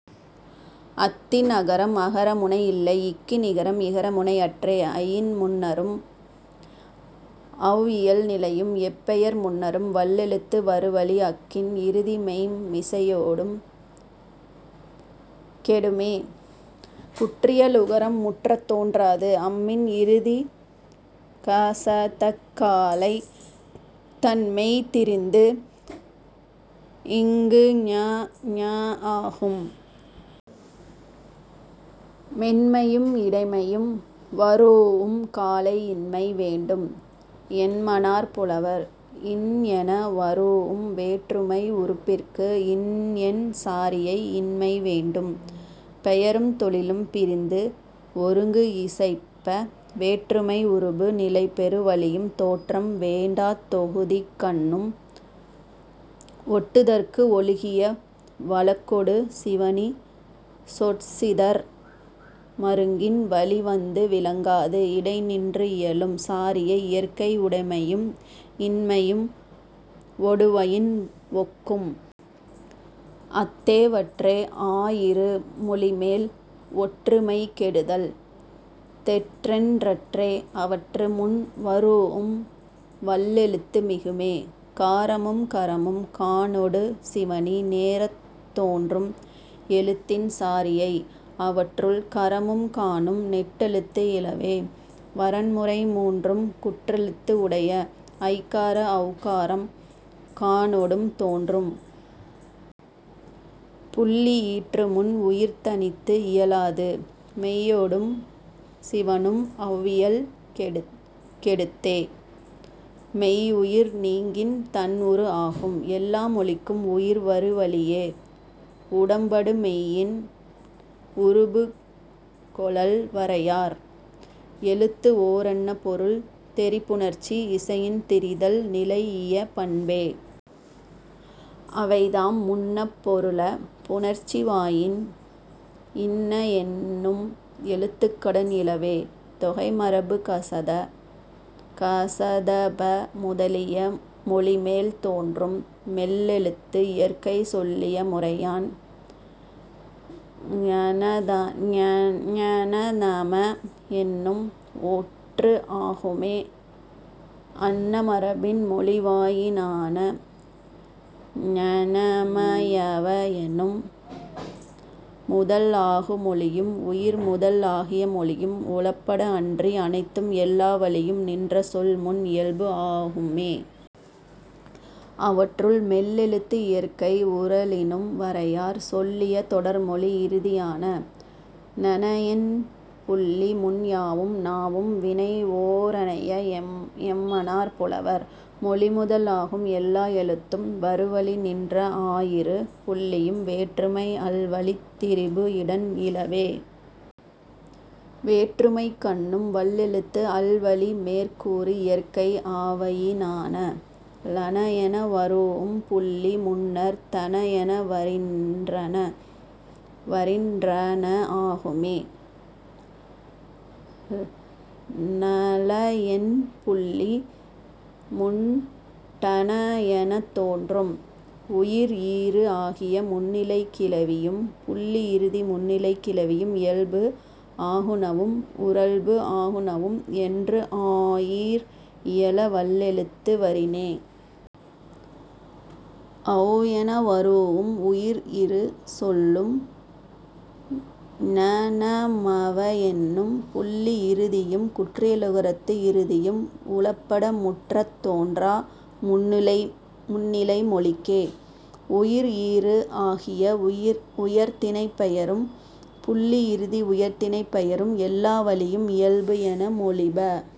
அத்தின் அகரம் அகர முனை இல்லை. இக்கின் இகரம் இகர முனை அற்றே. ஐயின் முன்னரும் அவ் இயல் நிலையும். எப் பெயர் முன்னரும் வல்லெழுத்து வரு வழி அக்கின் இறுதி மெய்ம் மிசையொடும் கெடுமே குற்றியலுகரம் முற்றத் தோன்றாது. அம்மின் இறுதி க ச தக் காலை தன் மெய் திரிந்து ங ஞ ந ஆகும். மென்மையும் இடைமையும் வரூஉம் காலை இன்மை வேண்டும் என்மனார் புலவர். இன் என வரூஉம் வேற்றுமை உருபிற்கு இன் என் சாரியை இன்மை வேண்டும். பெயரும் தொழிலும் பிரிந்து ஒருங்கு இசைப்ப வேற்றுமை உருபு நிலைபெறு வழியும் தோற்றம் வேண்டாத் தொகுதிக்கண்ணும் ஒட்டுதற்கு ஒழுகிய வழக்கொடு சிவணி சொற் சிதர் மருங்கின் வழி வந்து விளங்காது இடை நின்று இயலும் சாரியை இயற்கை உடைமையும் இன்மையும் ஒடுவயின் ஒக்கும். அத்தே வற்றே ஆயிரு மொழிமேல் ஒற்று மெய் கெடுதல் தெற்றென்றற்றே அவற்று முன் வரூஉம் வல்லெழுத்து மிகுமே. காரமும் கரமும் கானொடு சிவணி நேரத் தோன்றும் எழுத்தின் சாரியை. அவற்றுள், கரமும் கானும் நெட்டெழுத்து இலவே. வரன்முறை மூன்றும் குற்றெழுத்து உடைய. ஐகார ஔகாரம் கானொடும் தோன்றும். புள்ளி ஈற்று முன் உயிர் தனித்து இயலாது மெய்யொடும் சிவணும் அவ் இயல் கெடுத்தே. மெய் உயிர் நீங்கின் தன் உரு ஆகும். எல்லா மொழிக்கும் உயிர் வரு வழியே உடம்படுமெய்யின் உருபு கொளல் வரையார். எழுத்து ஓரன்ன பொருள் தெரி புணர்ச்சி இசையின் திரிதல் நிலைஇய பண்பே. அவைதாம், முன்னப் பொருள புணர்ச்சிவாயின் இன்ன என்னும் எழுத்துக் கடன் இலவே.. தொகைமரபு க ச த ப முதலிய மொழிமேல் தோன்றும் மெல்லெழுத்து இயற்கை சொல்லிய முறையான் ங ஞ ந ம என்னும் ஒற்று ஆகும்மே அன்ன மரபின் மொழிவயினான. ஞ ந ம ய வ எனும் முதல் ஆகு மொழியும் உயிர் முதல் ஆகிய மொழியும் உளப்பட அன்றி அனைத்தும் எல்லா வழியும் நின்ற சொல் முன் இயல்பு ஆகும்மே. அவற்றுள், மெல்லெழுத்து இயற்கை உறழினும் வரையார் சொல்லிய தொடர்மொழி இறுதியான. ண ன என் புள்ளி முன் யாவும் ஞாவும் வினை ஓரனைய என்மனார் புலவர். மொழி முதல் ஆகும் எல்லா எழுத்தும் வரு வழி நின்ற ஆயிரு புள்ளியும் வேற்றுமை அல் வழித் திரிபு இடன் இலவே. வேற்றுமைக்கண்ணும் வல்லெழுத்து அல் வழி மேற் கூறு இயற்கை ஆவயினான. ல ன என வரூஉம் புள்ளி முன்னர் த ந என வரின் ற ன ஆகும்மே. ண ள என் புள்ளி முன் ட ண எனத் தோன்றும். உயிர் ஈறு ஆகிய முன்னிலைக் கிளவியும் புள்ளி இறுதி முன்னிலைக் கிளவியும் இயல்பு ஆகுநவும் உறழ்பு ஆகுநவும் என்று ஆயீர் இயல வல்லெழுத்து வரினே. ஔ என வரூஉம் உயிர் இறு சொல்லும் ஞ ந ம வ என்னும் புள்ளி இறுதியும் குற்றியலுகரத்து இறுதியும் உளப்பட முற்றத் தோன்றா முன்னிலை மொழிக்கே. உயிர் ஈறு ஆகிய உயர்திணைப் பெயரும் புள்ளி இறுதி உயர்திணைப் பெயரும் எல்லா வழியும் இயல்பு என மொழிப.